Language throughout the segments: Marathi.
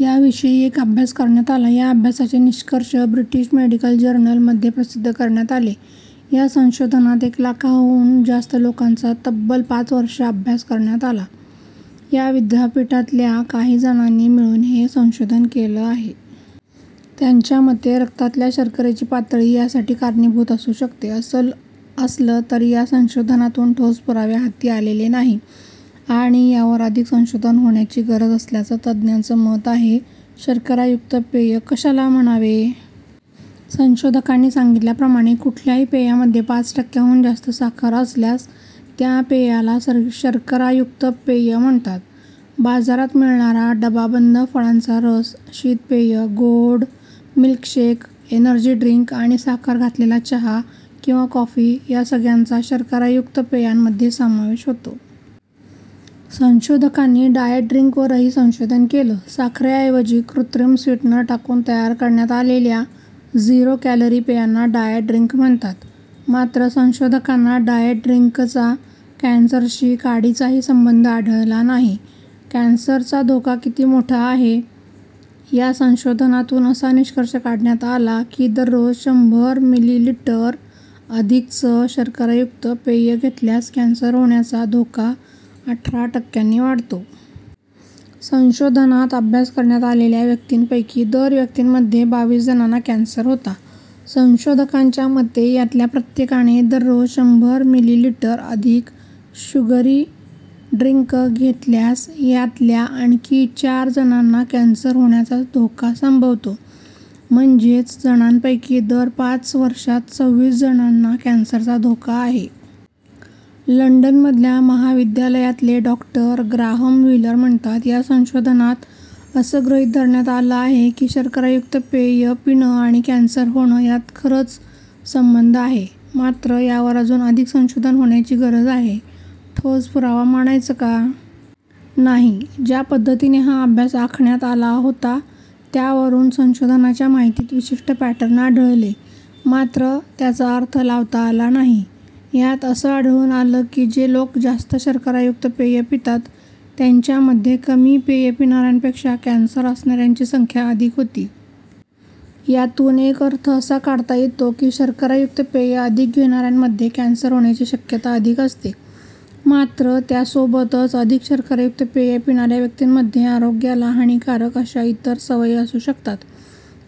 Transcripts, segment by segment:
याविषयी एक अभ्यास करण्यात आला. या अभ्यासाचे निष्कर्ष 'ब्रिटिश मेडिकल जर्नल'मध्ये प्रसिद्ध करण्यात आले. या संशोधनात एक लाखांहून जास्त लोकांचा तब्बल पाच वर्षं अभ्यास करण्यात आला. या विद्यापीठातल्या काही जणांनी मिळून हे संशोधन केलं आहे. त्यांच्या मते रक्तातल्या शर्करेची पातळी यासाठी कारणीभूत असू शकते. असं असलं तरी या संशोधनातून ठोस पुरावे हाती आलेले नाही आणि यावर अधिक संशोधन होण्याची गरज असल्याचं तज्ज्ञांचं मत आहे. शर्करायुक्त पेय कशाला म्हणावे? संशोधकांनी सांगितल्याप्रमाणे कुठल्याही पेयामध्ये पाच टक्क्यांहून जास्त साखर असल्यास त्या पेयाला शर्करायुक्त पेय म्हणतात. बाजारात मिळणारा डबाबंद फळांचा रस, शीतपेय, गोड मिल्क शेक, एनर्जी ड्रिंक आणि साखर घातलेला चहा किंवा कॉफी, या सगळ्यांचा शर्करायुक्त पेयांमध्ये समावेश होतो. संशोधकांनी डायट ड्रिंकवरही संशोधन केलं. साखरेऐवजी कृत्रिम स्वीटनर टाकून तयार करण्यात आलेल्या 'झिरो-कॅलरी' पेयांना डायट ड्रिंक म्हणतात. मात्र, संशोधकांना डायट ड्रिंकचा कॅन्सरशी काडीचाही संबंध आढळला नाही. कॅन्सरचा धोका किती मोठा आहे? या संशोधनातून असा निष्कर्ष काढण्यात आला की दररोज शंभर मिलीलीटर अधिकचं शर्करायुक्त पेय घेतल्यास कॅन्सर होण्याचा धोका अठरा टक्क्यांनी वाढतो. संशोधनात अभ्यास करण्यात आलेल्या व्यक्तींपैकी दर व्यक्तींमध्ये बावीस जणांना कॅन्सर होता. संशोधकांच्या मते यातल्या प्रत्येकाने दररोज शंभर मिलीलीटर अधिक शुगरी ड्रिंक घेतल्यास यातल्या आणखी चार जणांना कॅन्सर होण्याचा धोका संभवतो. म्हणजेच जणांपैकी दर पाच वर्षांत सव्वीस जणांना कॅन्सरचा धोका आहे. लंडनमधल्या महाविद्यालयातले डॉ. ग्राहम व्हिलर म्हणतात या संशोधनात असं गृहीत धरण्यात आलं आहे की शर्करायुक्त पेय पिणं आणि कॅन्सर होणं, यात खरंच संबंध आहे. मात्र, यावर अजून अधिक संशोधन होण्याची गरज आहे. ठोस पुरावा मानायचं का? नाही. ज्या पद्धतीने हा अभ्यास आखण्यात आला होता त्यावरून संशोधनाच्या माहितीत विशिष्ट पॅटर्न आढळले. मात्र, त्याचा अर्थ लावता आला नाही. यात असं आढळून आलं की जे लोक जास्त शर्करायुक्त पेय पितात त्यांच्यामध्ये कमी पेय पिणाऱ्यांपेक्षा कॅन्सर असणाऱ्यांची संख्या अधिक होती. यातून एक अर्थ असा काढता येतो की शर्करायुक्त पेय अधिक घेणाऱ्यांमध्ये कॅन्सर होण्याची शक्यता अधिक असते. मात्र, त्यासोबतच अधिक शर्करायुक्त पेय पिणाऱ्या व्यक्तींमध्ये आरोग्याला हानीकारक अशा इतर सवयी असू शकतात.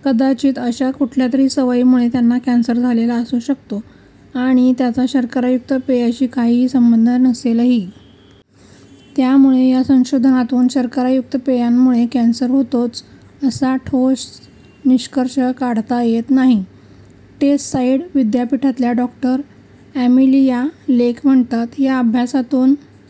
कदाचित अशा कुठल्यातरी सवयीमुळे त्यांना कॅन्सर झालेला असू शकतो आणि त्याचा शर्करायुक्त पेयाशी काहीही संबंध नसेलही. त्यामुळे या संशोधनातून शर्करायुक्त पेयांमुळे कॅन्सर होतोच, असा ठोस निष्कर्ष काढता येत नाही. टेससाईड विद्यापीठातल्या डॉ. अॅमिलिया लेक म्हणतात या अभ्यासातून